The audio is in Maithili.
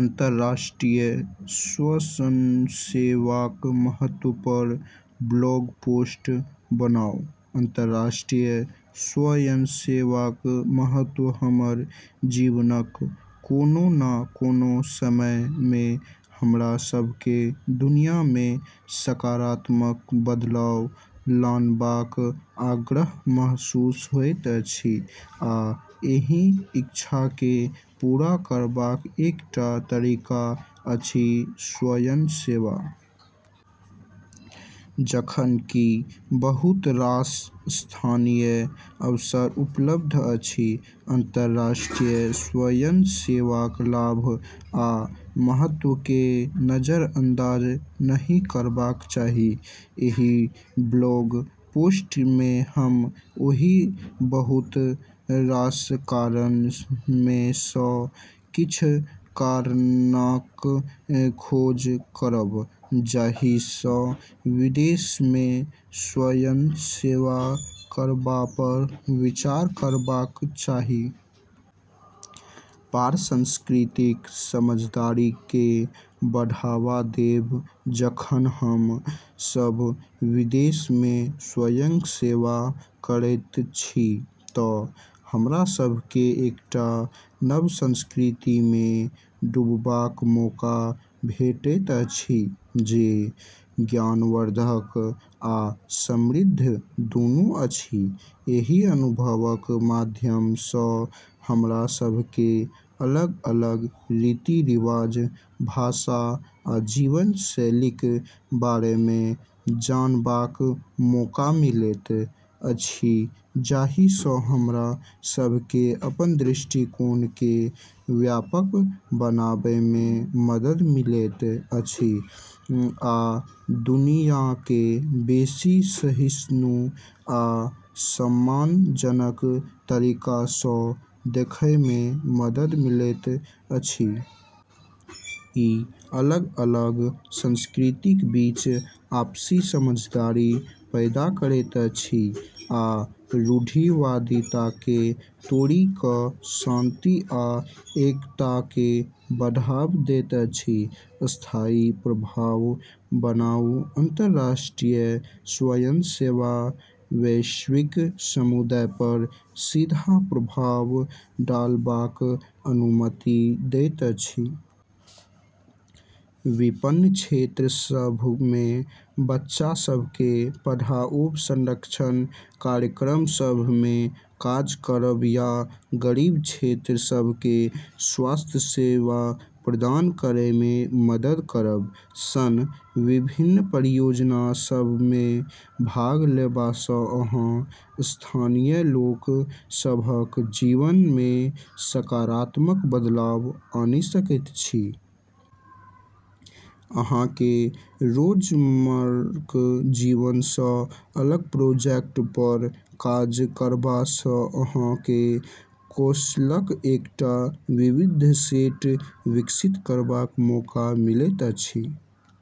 अंतर्राष्ट्रीय स्वयंसेवाक महत्व पर ब्लॉग पोस्ट बनाउ। अंतर्राष्ट्रीय स्वयंसेवाक महत्व हमर जीवनक कोनो न कोनो समय मे हमरा सभकेँ दुनिया मे सकारात्मक बदलाव लानबाक आग्रह महसूस होइत अछि, आ एहि इच्छाकेँ पूरा करबाक एकटा तरीका अछि स्वयंसेवा। जखन कि बहुत रास स्थानीय अवसर उपलब्ध अछि, अंतर्राष्ट्रीय स्वयंसेवाक लाभ आ महत्वकेँ नजरअंदाज नहि करबाक चाही। एहि ब्लॉग पोस्ट मे हम ओहि बहुत रास कारण मे सँ किछ कारणक खोज करब जाही सँ विदेश मे स्वयंसेवा करबा पर विचार करबाक चाही। पार-सांस्कृतिक समझदारीकेँ बढ़ावा देब जखन हम सभ विदेश मे स्वयंसेवा करैत छी तँ हमरा सभकेँ एकटा नव संस्कृति मे डूबबाक मौका भेटैत अछि, जे ज्ञानवर्धक आ समृद्ध दुनू अछि। एहि अनुभवक माध्यम सँ हमरा सभकेँ अलग-अलग रीति-रिवाज, भाषा आ जीवनशैलीक बारे मे जानबाक मौका मिलैत अछि, जाही सँ हमरा सभकेँ अपन दृष्टिकोणकेँ व्यापक बनाबै मे मदद मिलैत अछि आ दुनियाकेँ बेसी सहिष्णु आ सम्मानजनक तरीका सँ देखै मे मदद मिलैत अछि। ई अलग-अलग संस्कृतिक बीच आपसी समझदारी पैदा करैत अछि आ रूढ़िवादिताकेँ तोड़ि कऽ शांति आ एकताकेँ बढ़ावा दैत अछि। स्थायी प्रभाव बनाउ अंतर्राष्ट्रीय स्वयंसेवा वैश्विक समुदाय पर सीधा प्रभाव डालबाक अनुमति दैत अछि। विपन्न क्षेत्र सभ मे बच्चा सभकेँ पढ़ाओब, संरक्षण कार्यक्रम सभ मे काज करब या गरीब क्षेत्र सभकेँ स्वास्थ्य सेवा प्रदान करै मे मदद करब सन विभिन्न परियोजना सभ मे भाग लेबा सँ अहाँ स्थानीय लोक सभक जीवन मे सकारात्मक बदलाव आनि सकैत छी। अहाँकेँ रोजमर्राक जीवन सँ अलग प्रोजेक्ट पर काज करबा सँ अहाँकेँ कौशलक एकटा विविध सेट विकसित करबाक मौका मिलैत अछि।